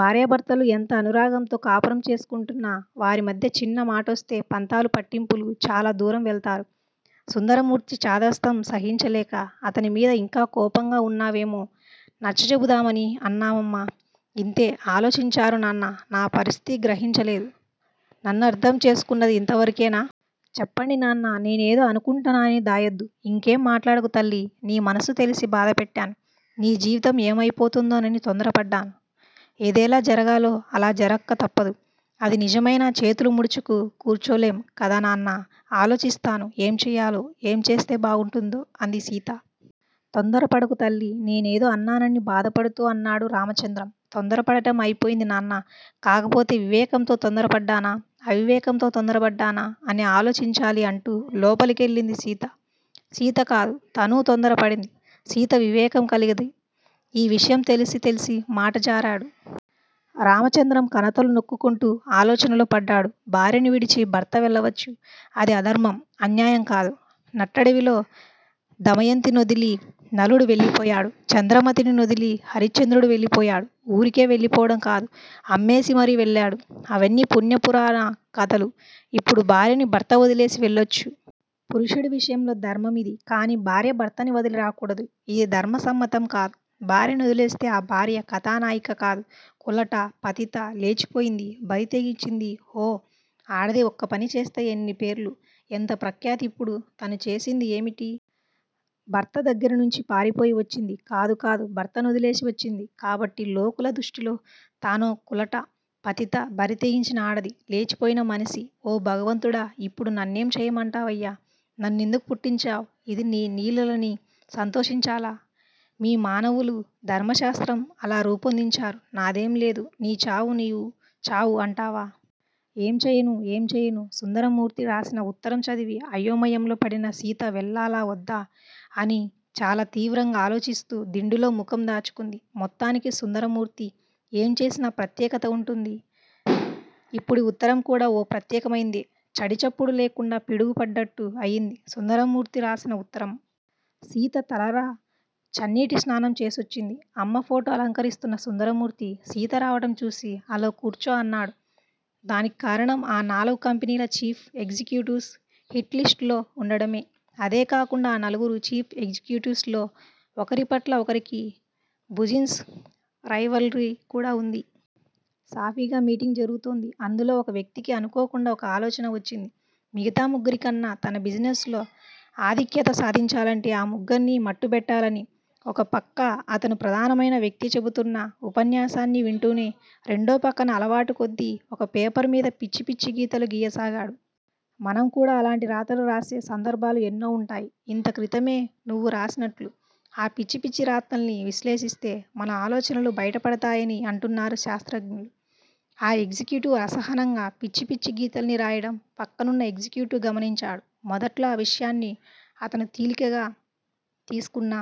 భార్య భర్తలు ఎంత అనురాగంతో కాపురం చేసుకుంటున్నా వారి మధ్య చిన్న మాటొస్తే పంతాలు పట్టింపులు, చాలా దూరం వెళతారు. సుందరమూర్తి చాదస్తం సహించలేక అతని మీద ఇంకా కోపంగా వున్నావేమో నచ్చచెబుదామని అన్నానమ్మా ఇంతే ఆలోచించారు నాన్నా! నా పరిస్థితి గ్రహించ లేదు, నన్నర్ధం చేసుకున్నది ఇంతవరకేనా? చెప్పండి నాన్నా! నేనేదో అనుకుంటానని దాయోద్దు. ఇంకేం మాట్లాడకు తల్లి! నీ మనసు తెలిసి బాధపెట్టాను. నీ జీవితం ఏమయిపోతుందోనని తొందర పడ్డాను. ఏదెలా జరగాలో అలా జరక్క తప్పదు. అది నిజమైనా చేతులు ముడుచుకు కూర్చోలేం కదా నాన్నా? ఆలోచిస్తాను ఏం చేయాలో ఏం చేస్తే బాగుంటుందో అంది సీత. తొందరపడకు తల్లి! నేనేదో అన్నానని బాధపడుతూ అన్నాడు రామచంద్రం. తొందర పడటం అయిపోయింది నాన్నా! కాకపోతే వివేకంతో తొందరపడ్డానా! అవివేకంతో తొందర పడ్డానా? అని ఆలోచించాలి అంటూ లోపలికెళ్ళింది సీత. సీత కాదు తనూ తొందర పడింది. సీత వివేకం కలది. ఈ విషయం తెలిసి తెలిసి మాట జారాడు. రామచంద్రం కణతలు నొక్కుకుంటూ ఆలోచనలో పడ్డాడు. భార్యని విడిచి భర్త వెళ్ళవచ్చు. అది అధర్మం, అన్యాయం కాదు. నట్టడివిలో దమయంతినొదిలి నలుడు వెళ్ళిపోయాడు. చంద్రమతిని నొదిలి హరిశ్చంద్రుడు వెళ్ళిపోయాడు. ఊరికే వెళ్ళిపోవటం కాదు, అమ్మేసి మరీ వెళ్ళాడు. అవన్నీ పుణ్య పురాణ కధలు. ఇప్పుడు భార్యని భర్త వదిలేసి వెళ్ళొచ్చు. పురుషుడి విషయంలో ధర్మంయిది. కానీ భార్య భర్తని వదలి రాకూడదు. ఇది ధర్మ సమ్మతం కాదు. భార్య నొదిలేస్తే ఆ భార్య కధానాయిక కాదు కులట, పతిత, లేచిపోయింది, బరితెగించింది ఓహ్! ఆడది ఒక్కపని చేస్తే ఎన్ని పేర్లు ఎంత ప్రఖ్యాతి ఇప్పుడు తను చేసింది ఏమిటి? భర్త దగ్గిరనుంచి పారిపోయి వచ్చింది. కాదు కాదు భర్త నొదిలేసి వచ్చింది, కాబట్టి లోకుల దృష్టిలో తానో కులట, పతిత, బరితెగించిన ఆడది, లేచిపోయిన మనిషి. ఓ భగవంతుడా! ఇప్పుడు నన్నేం చేయమంటావయ్యా? నన్నెందుకు పుట్టించావ్, ఇది నీ లీలలని సంతోషించాలా? మీ మానవులు ధర్మ శాస్రం అలా రూపొందించారు నాదేం లేదు నీ చావు నీవు చావు అంటావా! ఏం చేయను? ఏం చేయను? సుందరమూర్తి రాశిన ఉత్తరం చదివి అయోమయంలో పడిన సీత వెళ్ళాలా! వద్దా అని చాలా తీవ్రంగా ఆలోచిస్తూ దిండులో ముఖం దాచుకుంది. మొత్తానికి సుందరమూర్తి ఏం చేసినా ప్రత్యేకత వుంటుంది. ఇప్పుడి ఉత్తరం కూడా ఓ ప్రత్యేకమైందే. చడిచప్పుడు లేకుండా పిడుగు పడ్డట్టు అయింది సుందరమూర్తి రాసిన ఉత్తరం. సీత తలరా చన్నీటి స్నానం చేసోచ్చింది. అమ్మ ఫోటో అలంకరిస్తున్న సుందరమూర్తి సీత రావటం చూసి అలా కూర్చో అన్నాడు. దానిక్కారణం ఆ నాలుగు కంపెనీల చీఫ్ ఎగ్జిక్యూటివ్స్ హిట్ లిస్టు లో వుండడమే. అదే కాకుండా ఆ నలుగురు చీఫ్ ఎగ్జిక్యూటివ్స్ లో ఒకరిపట్ల ఒకరికి బుజిన్స్ రైవల్రీ కూడా వుంది. సాఫీగా మీటింగ్ జరుగుతోంది. అందులో ఒక వ్యక్తికీ అనుకోకుండా ఒక ఆలోచన వచ్చింది. మిగతా ముగ్గురి కన్నా తను బిజినెస్ లో ఆధిక్యత సాదించాలంటే ఆ ముగ్గుర్నీ మట్టుబెట్టాలని. ఒక పక్క అతను ప్రధానమైన వ్యక్తి చెబుతున్న ఉపన్యాసాన్ని వింటూనే, రేండో పక్కన అలవాటుకొద్దీ ఒక పేపర్ మీద పిచ్చి పిచ్చి గీతాలు గీయసాగాడు. మనం కూడా అలాంటి రాతలు రాసే సందర్భాలు ఎన్నో వుంటాయి. ఇంత క్రితమే నువ్వు రాసినట్లు. ఆ పిచ్చి పిచ్చి రాతల్ని విశ్లేషిస్తే మన ఆలోచనలు బయటపడతాయని అంటున్నారు శాశ్రజ్ఞలు. ఆ ఎగ్జిక్యూటివ్ అసహనంగా పిచ్చి పిచ్చి గీతాల్ని రాయడం పక్కనున్న ఎగ్జిక్యూటివ్ గమనించాడు. మొదట్లో ఆ విషయాన్ని అతను తీలికగా తీసుకున్నా